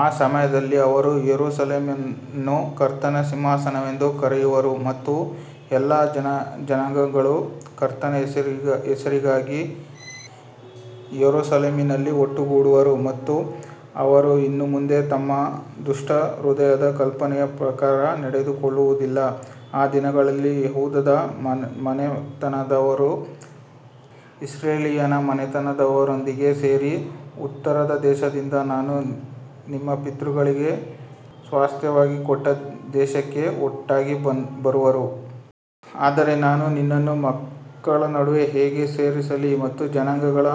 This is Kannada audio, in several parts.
ಆ ಸಮಯದಲ್ಲಿ ಅವರು ಯೆರೂಸಲೇಮನ್ನು ಕರ್ತನ ಸಿಂಹಾಸನವೆಂದು ಕರೆಯುವರು ಮತ್ತು ಎಲ್ಲಾ ಜನಾಂಗಗಳು ಕರ್ತನ ಹೆಸರಿಗಾಗಿ ಯೆರೂಸಲೇಮಿನಲ್ಲಿ ಒಟ್ಟುಗೂಡುವರು ಮತ್ತು ಅವರು ಇನ್ನು ಮುಂದೆ ತಮ್ಮ ದುಷ್ಟ ಹೃದಯದ ಕಲ್ಪನೆಯ ಪ್ರಕಾರ ನಡೆಯುವುದಿಲ್ಲ. ಆ ದಿನಗಳಲ್ಲಿ ಯೆಹೂದದ ಮನೆತನದವರು ಇಸ್ರಾಯೇಲಿನ ಮನೆತನದವರೊಂದಿಗೆ ಸೇರಿ ಉತ್ತರದ ದೇಶದಿಂದ ನಾನು ನಿಮ್ಮ ಪಿತೃಗಳಿಗೆ ಸ್ವಾಸ್ತ್ಯವಾಗಿ ಕೊಟ್ಟ ದೇಶಕ್ಕೆ ಒಟ್ಟಾಗಿ ಬರುವರು. ಆದರೆ ನಾನು ನಿನ್ನನ್ನು ಮಕ್ಕಳ ನಡುವೆ ಹೇಗೆ ಸೇರಿಸಲಿ ಮತ್ತು ಜನಾಂಗಗಳ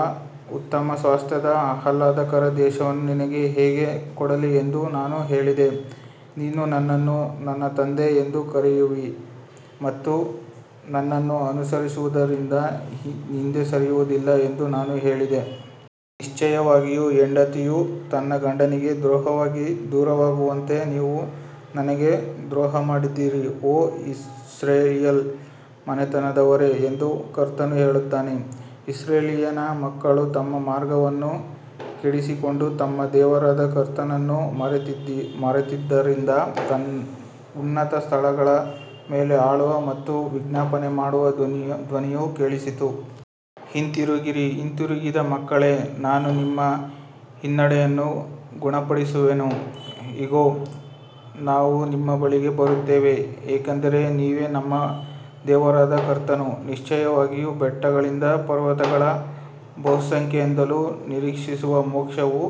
ಉತ್ತಮ ಸ್ವಾಸ್ತ್ಯವಾದ ಆಹ್ಲಾದಕರ ದೇಶವನ್ನು ನಿನಗೆ ಹೇಗೆ ಕೊಡಲಿ ಎಂದು ನಾನು ಹೇಳಿದೆ. ನೀನು ನನ್ನನ್ನು ನನ್ನ ತಂದೆ ಎಂದು ಕರೆಯುವಿ ಮತ್ತು ನನ್ನನ್ನು ಅನುಸರಿಸುವುದರಿಂದ ಹಿಂದೆ ಸರಿಯುವುದಿಲ್ಲ ಎಂದು ನಾನು ಹೇಳಿದೆ. ನಿಶ್ಚಯವಾಗಿಯೂ ಹೆಂಡತಿಯು ತನ್ನ ಗಂಡನಿಗೆ ದ್ರೋಹವಾಗಿ ದೂರವಾಗುವಂತೆ ನೀವು ನನಗೆ ದ್ರೋಹಮಾಡಿದ್ದೀರಿ, ಓ ಇಸ್ರಾಯೇಲ್ ಮನೆತನದವರೇ ಎಂದು ಕರ್ತನು ಹೇಳುತ್ತಾನೆ. ಇಸ್ರಾಯೇಲಿನ ಮಕ್ಕಳು ತಮ್ಮ ಮಾರ್ಗವನ್ನು ಕೆಡಿಸಿಕೊಂಡು ತಮ್ಮ ದೇವರಾದ ಕರ್ತನನ್ನು ಮರೆತಿದ್ದರಿಂದ ಉನ್ನತ ಸ್ಥಳಗಳ ಮೇಲೆ ಅಳುವ ಮತ್ತು ವಿಜ್ಞಾಪನೆ ಮಾಡುವ ಧ್ವನಿಯು ಕೇಳಿಸಿತು. ಹಿಂತಿರುಗಿರಿ, ಹಿಂತಿರುಗಿದ ಮಕ್ಕಳೇ, ನಾನು ನಿಮ್ಮ ಹಿನ್ನಡೆಯನ್ನು ಗುಣಪಡಿಸುವೆನು. ಇಗೋ, ನಾವು ನಿಮ್ಮ ಬಳಿಗೆ ಬರುತ್ತೇವೆ, ಏಕೆಂದರೆ ನೀನೇ ನಮ್ಮ ದೇವರಾದ ಕರ್ತನು. ನಿಶ್ಚಯವಾಗಿಯೂ ಬೆಟ್ಟಗಳಿಂದಲೂ ಪರ್ವತಗಳ ಬಹುಸಂಖ್ಯೆಯಿಂದಲೂ ನಿರೀಕ್ಷಿಸುವ ಮೋಕ್ಷವು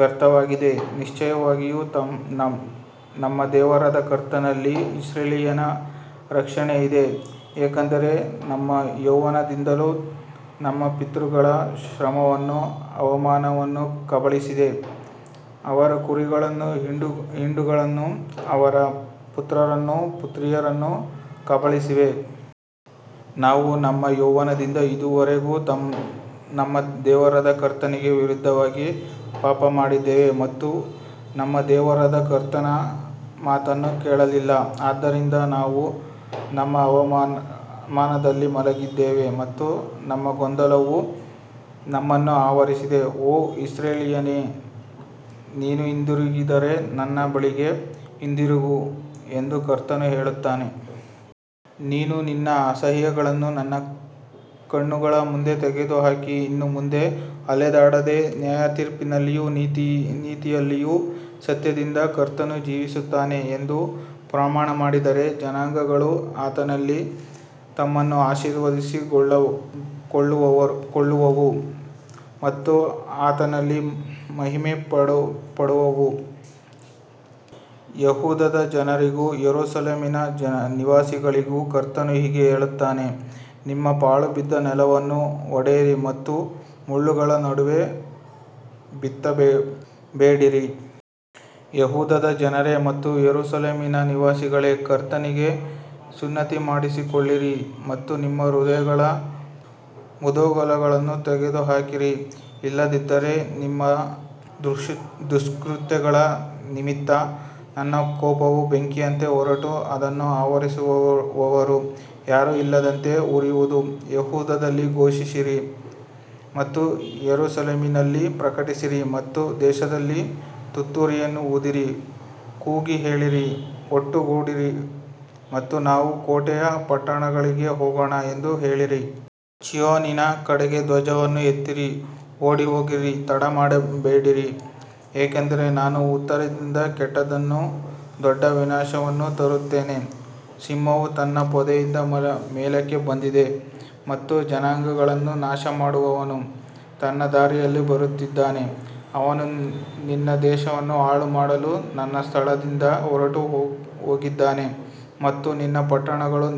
ವ್ಯರ್ಥವಾಗಿದೆ, ನಿಶ್ಚಯವಾಗಿಯೂ ನಮ್ಮ ದೇವರಾದ ಕರ್ತನಲ್ಲಿ ಇಸ್ರಾಯೇಲಿನ ರಕ್ಷಣೆಯಿದೆ. ಯಾಕಂದರೆ ನಮ್ಮ ಯೌವನದಿಂದಲೂ ನಮ್ಮ ಪಿತೃಗಳ ಶ್ರಮವನ್ನು ಅವಮಾನವು ಕಬಳಿಸಿದೆ, ಅವರ ಕುರಿಗಳನ್ನೂ ಹಿಂಡುಗಳನ್ನೂ, ಅವರ ಪುತ್ರರನ್ನೂ ಪುತ್ರಿಯರನ್ನೂ ಕಬಳಿಸಿದೆ. ನಾವು ನಮ್ಮ ಯೌವನದಿಂದ ಇಂದಿನವರೆಗೂ ನಮ್ಮ ದೇವರಾದ ಕರ್ತನಿಗೆ ವಿರುದ್ಧವಾಗಿ ಪಾಪಮಾಡಿದ್ದೇವೆ ಮತ್ತು ನಮ್ಮ ದೇವರಾದ ಕರ್ತನ ಮಾತನ್ನು ಕೇಳಲಿಲ್ಲ. ಆದ್ದರಿಂದ ನಾವು ನಮ್ಮ ಅವಮಾನದಲ್ಲಿ ಮಲಗಿದ್ದೇವೆ ಮತ್ತು ನಮ್ಮ ಗೊಂದಲವು ನಮ್ಮನ್ನು ಆವರಿಸಿದೆ. ಓ ಇಸ್ರಾಯೇಲೇ, ನೀನು ಹಿಂತಿರುಗಿದರೆ ನನ್ನ ಬಳಿಗೆ ಹಿಂತಿರುಗು ಎಂದು ಕರ್ತನು ಹೇಳುತ್ತಾನೆ. ನೀನು ನಿನ್ನ ಅಸಹ್ಯಗಳನ್ನು ನನ್ನ ಕಣ್ಣುಗಳ ಮುಂದೆ ತೆಗೆದುಹಾಕಿ ಇನ್ನು ಮುಂದೆ ಅಲೆದಾಡದೆ ನ್ಯಾಯತೀರ್ಪಿನಲ್ಲಿಯೂ ನೀತಿಯಲ್ಲಿಯೂ ಸತ್ಯದಿಂದ ಕರ್ತನು ಜೀವಿಸುತ್ತಾನೆ ಎಂದು ಪ್ರಮಾಣಮಾಡಿದರೆ, ಜನಾಂಗಗಳು ಆತನಲ್ಲಿ ತಮ್ಮನ್ನು ಆಶೀರ್ವದಿಸಿಕೊಳ್ಳುವವು ಮತ್ತು ಆತನಲ್ಲಿ ಮಹಿಮೆಪಡುವವು. ಯೆಹೂದದ ಜನರಿಗೂ ಯೆರೂಸಲೇಮಿನ ನಿವಾಸಿಗಳಿಗೂ ಕರ್ತನು ಹೀಗೆ ಹೇಳುತ್ತಾನೆ, ನಿಮ್ಮ ಪಾಳುಬಿದ್ದ ನೆಲವನ್ನು ಒಡೆಯಿರಿ ಮತ್ತು ಮುಳ್ಳುಗಳ ನಡುವೆ ಬಿತ್ತಬೇಡಿರಿ. ಯೆಹೂದದ ಜನರೇ ಮತ್ತು ಯೆರೂಸಲೇಮಿನ ನಿವಾಸಿಗಳೇ, ಕರ್ತನಿಗೆ ಸುನ್ನತಿ ಮಾಡಿಸಿಕೊಳ್ಳಿರಿ ಮತ್ತು ನಿಮ್ಮ ಹೃದಯಗಳ ಮುಂದೊಗಲನ್ನು ತೆಗೆದುಹಾಕಿರಿ, ಇಲ್ಲದಿದ್ದರೆ ನಿಮ್ಮ ದುಷ್ಕೃತ್ಯಗಳ ನಿಮಿತ್ತ ನನ್ನ ಕೋಪವು ಬೆಂಕಿಯಂತೆ ಹೊರಟು ಅದನ್ನು ಆರಿಸುವವರು ಯಾರೂ ಇಲ್ಲದಂತೆ ಉರಿಯುವುದು. ಯೆಹೂದದಲ್ಲಿ ಘೋಷಿಸಿರಿ ಮತ್ತು ಯೆರೂಸಲೇಮಿನಲ್ಲಿ ಪ್ರಕಟಿಸಿರಿ ಮತ್ತು ದೇಶದಲ್ಲಿ ತುತ್ತೂರಿಯನ್ನು ಊದಿರಿ, ಕೂಗಿ ಹೇಳಿರಿ, ಒಟ್ಟುಗೂಡಿರಿ ಮತ್ತು ನಾವು ಕೋಟೆಯ ಪಟ್ಟಣಗಳಿಗೆ ಹೋಗೋಣ ಎಂದು ಹೇಳಿರಿ. ಚೀಯೋನಿನ ಕಡೆಗೆ ಧ್ವಜವನ್ನು ಎತ್ತಿರಿ, ಓಡಿಹೋಗಿರಿ, ತಡಮಾಡಬೇಡಿರಿ, ಏಕೆಂದರೆ ನಾನು ಉತ್ತರದಿಂದ ಕೆಟ್ಟದ್ದನ್ನೂ ದೊಡ್ಡ ವಿನಾಶವನ್ನೂ ತರುತ್ತೇನೆ. ಸಿಂಹವು ತನ್ನ ಪೊದೆಯಿಂದ ಮೇಲಕ್ಕೆ ಬಂದಿದೆ ಮತ್ತು ಜನಾಂಗಗಳನ್ನು ನಾಶಮಾಡುವವನು ತನ್ನ ದಾರಿಯಲ್ಲಿ ಬರುತ್ತಿದ್ದಾನೆ. ಅವನು ನಿನ್ನ ದೇಶವನ್ನು ಹಾಳುಮಾಡಲು ತನ್ನ ಸ್ಥಳದಿಂದ ಹೊರಟುಹೋಗಿದ್ದಾನೆ ಮತ್ತು ನಿನ್ನ ಪಟ್ಟಣಗಳು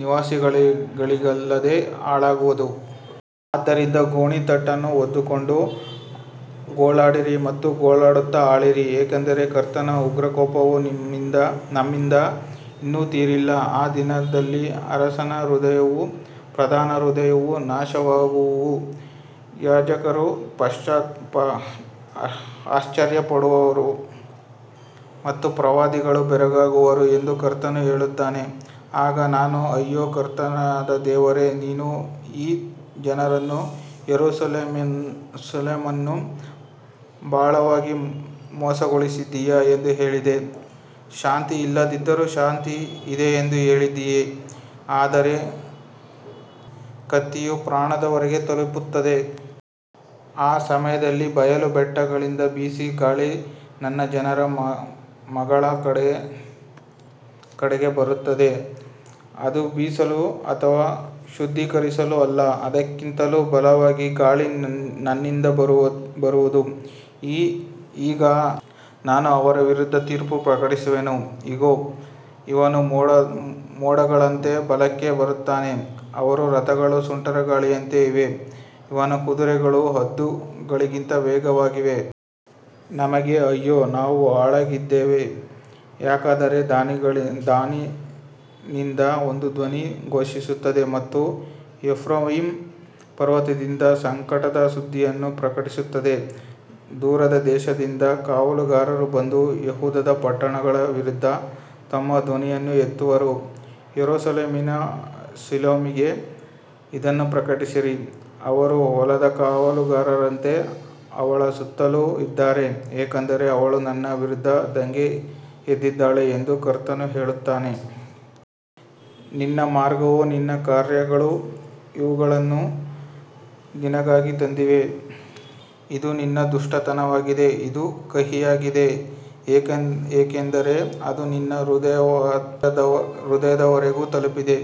ನಿವಾಸಿಗಳಿಲ್ಲದೆ ಹಾಳಾಗುವವು. ಆದ್ದರಿಂದ ಗೋಣಿತಟ್ಟನ್ನು ಹೊದ್ದುಕೊಂಡು ಗೋಳಾಡಿರಿ ಮತ್ತು ಗೋಳಾಡುತ್ತಾ ಅಳಿರಿ, ಏಕೆಂದರೆ ಕರ್ತನ ಉಗ್ರ ಕೋಪವು ನಮ್ಮಿಂದ ಇನ್ನೂ ತಿರುಗಿಲ್ಲ. ಆ ದಿನದಲ್ಲಿ ಅರಸನ ಹೃದಯವೂ ಪ್ರಧಾನರ ಹೃದಯವೂ ನಾಶವಾಗುವವು, ಯಾಜಕರು ಆಶ್ಚರ್ಯಪಡುವರು ಮತ್ತು ಪ್ರವಾದಿಗಳು ಬೆರಗಾಗುವರು ಎಂದು ಕರ್ತನು ಹೇಳುತ್ತಾನೆ. ಆಗ ನಾನು, ಅಯ್ಯೋ, ಕರ್ತನಾದ ದೇವರೇ, ನೀನು ಈ ಜನರನ್ನೂ ಯೆರೂಸಲೇಮನ್ನೂ ಬಹಳವಾಗಿ ಮೋಸಗೊಳಿಸಿದ್ದೀಯೆ ಎಂದು ಹೇಳಿದೆ, ಶಾಂತಿ ಇಲ್ಲದಿದ್ದರೂ ಶಾಂತಿ ಎಂದು ಹೇಳಿದ್ದೀಯೆ, ಆದರೆ ಕತ್ತಿಯು ಪ್ರಾಣದವರೆಗೆ ತಲುಪುತ್ತದೆ. ಆ ಸಮಯದಲ್ಲಿ ಬಯಲು ಬೆಟ್ಟಗಳಿಂದ ಬಿಸಿ ಗಾಳಿ ನನ್ನ ಜನರ ಮಗಳ ಕಡೆಗೆ ಬರುತ್ತದೆ, ಅದು ಬೀಸಲು ಅಥವಾ ಶುದ್ಧೀಕರಿಸಲು ಅಲ್ಲ. ಇದಕ್ಕಿಂತಲೂ ಬಲವಾದ ಗಾಳಿ ನನ್ನಿಂದ ಬರುವದು, ಈಗ ನಾನು ಅವರ ವಿರುದ್ಧ ತೀರ್ಪು ಪ್ರಕಟಿಸುವೆನು. ಇಗೋ, ಅವನು ಮೋಡಗಳಂತೆ ಮೇಲಕ್ಕೆ ಬರುತ್ತಾನೆ, ಅವನ ರಥಗಳು ಸುಂಟರಗಾಳಿಯಂತೆ ಇವೆ, ಅವನ ಕುದುರೆಗಳು ಹದ್ದುಗಳಿಗಿಂತ ವೇಗವಾಗಿವೆ. ನಮಗೆ ಅಯ್ಯೋ, ನಾವು ಹಾಳಾಗಿದ್ದೇವೆ. ಯಾಕಂದರೆ ದಾನಿನಿಂದ ಒಂದು ಧ್ವನಿ ಘೋಷಿಸುತ್ತದೆ ಮತ್ತು ಎಫ್ರಾಯೀಮ್ ಪರ್ವತದಿಂದ ಸಂಕಟದ ಸುದ್ದಿಯನ್ನು ಪ್ರಕಟಿಸುತ್ತದೆ. ದೂರದ ದೇಶದಿಂದ ಕಾವಲುಗಾರರು ಬಂದು ಯೆಹೂದದ ಪಟ್ಟಣಗಳ ವಿರುದ್ಧ ತಮ್ಮ ಧ್ವನಿಯನ್ನು ಎತ್ತುವರು. ಯೆರೂಸಲೇಮಿಗೆ ಇದನ್ನು ಪ್ರಕಟಿಸಿರಿ. ಅವರು ಹೊಲದ ಕಾವಲುಗಾರರಂತೆ ಅವಳ ಸುತ್ತಲೂ ಇದ್ದಾರೆ, ಏಕೆಂದರೆ ಅವಳು ನನ್ನ ವಿರುದ್ಧ ದಂಗೆ ಎದ್ದಿದ್ದಾಳೆ ಎಂದು ಕರ್ತನು ಹೇಳುತ್ತಾನೆ. ನಿನ್ನ ಮಾರ್ಗವೂ ನಿನ್ನ ಕಾರ್ಯಗಳೂ ಇವುಗಳನ್ನು ನಿನಗಾಗಿ ತಂದಿವೆ. ಇದು ನಿನ್ನ ದುಷ್ಟತನವಾಗಿದೆ, ಅದು ಕಹಿಯಾಗಿದೆ, ಏಕೆಂದರೆ ಅದು ನಿನ್ನ ಹೃದಯದವರೆಗೂ ತಲುಪಿದೆ.